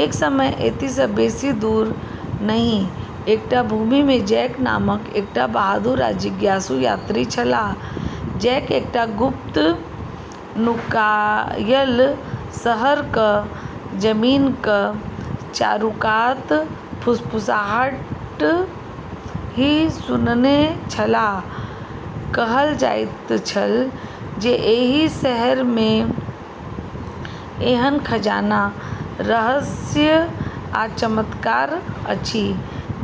एक समय एतय सँ बेसी दूर नहि एकटा भूमिमे जैक नामक एकटा बहादुर आ जिज्ञासु यात्री छलाह। जैक एकटा गुप्त नुकायल शहरक जमीनक चारूकात फुसफुसाहटि सुनने छलाह। कहल जाइत छल जे एहि शहरमे एहन खजाना, रहस्य आ चमत्कार अछि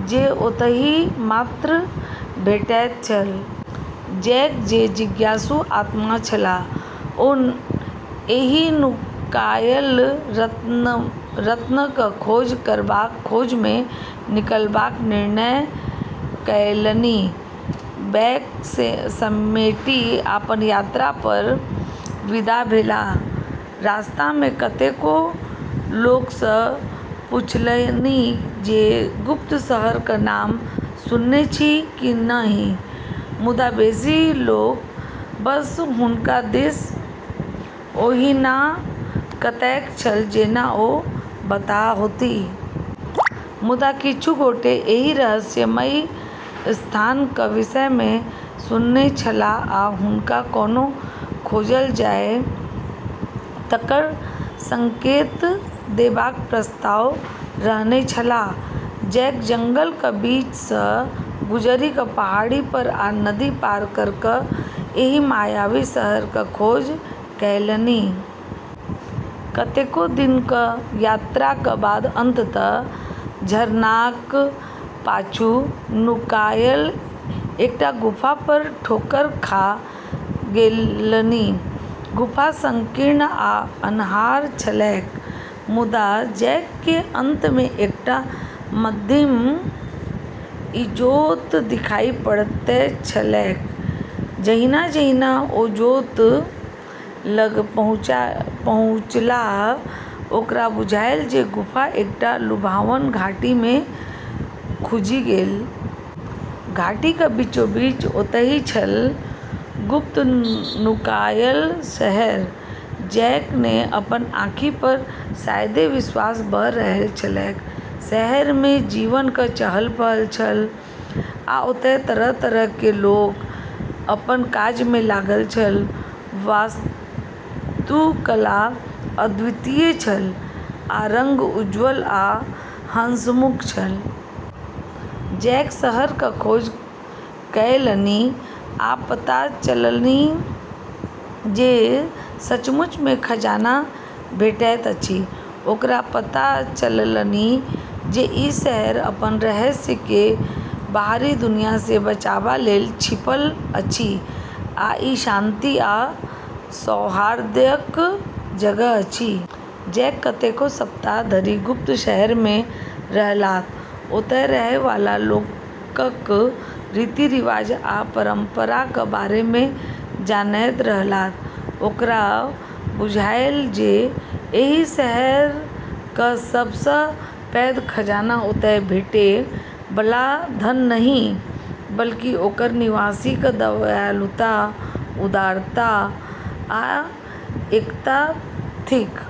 जे ओतहि मात्र भेटैत छल। जैक, जे जिज्ञासु आत्मा छलाह, ओ एहि नुकायल रत्नक खोज करबाक खोजमे निकलबाक निर्णय कएलनि। बैग समेटि अपन यात्रा पर विदा भेलाह। रास्तामे कतेको लोक सँ पूछलनि जे गुप्त शहरक नाम सुनने छी की नहि, मुदा बेसी लोक बस हुनका दिस ओहिना तकैत छल जेना ओ बताह होथि। मुदा किछु गोटे एहि रहस्यमयी स्थानक विषयमे सुनने छलाह आ हुनका कोना खोजल जाय तकर संकेत देबाक प्रस्ताव रखने छलाह। जैक जंगलक बीच सँ गुजरि क’, पहाड़ पर, आ नदी पार क’ एहि मायावी शहरक खोज कएलनि। कतेको दिनक यात्राक बाद अंततः झरनाक पाछू नुकायल एकटा गुफा पर ठोकर खा गेलनि। गुफा संकीर्ण आ अन्हार छलैक, मुदा जैककेँ अंतमे एकटा मद्धिम इजोत देखाइ पड़ैत छलैक। जहिना-जहिना ओ इजोत लग पहुँछलाह, ओकरा बुझायल जे गुफा एकटा लुभावन घाटीमे खुजि गेल। घाटीक बीचोबीच, ओतहि छल, गुप्त नुकायल शहर। जैककेँ अपन आँखि पर शायदे विश्वास भ’ रहल छलैक। शहरमे जीवनक चहल-पहल छल, आ ओतय तरह-तरहक लोक अपन काजमे लागल छल। वास्तुकला अद्वितीय छल, आ रंग उज्ज्वल आ हंसमुख छल। जैक शहरक खोज कएलनि आ पता चललनि जे सचमुचमे खजाना भेटैत अछि। ओकरा पता चललनि जे ई शहर अपन रहस्यकेँ बाहरी दुनिया सँ बचाबा लेल छिपल अछि आ ई शांति आ सौहार्दक जगह अछि। जैक कतेको सप्ताह धरि गुप्त शहरमे रहलाह, ओतय रहै वाला लोकक रीति-रिवाज आ परंपराक बारेमे जानैत रहलाह। ओकरा बुझायल जे एहि शहरक सभ सँ पैघ खजाना ओतय भेटै बला धन नहि, बल्कि ओकर निवासीक दयालुता, उदारता आ एकता थिक।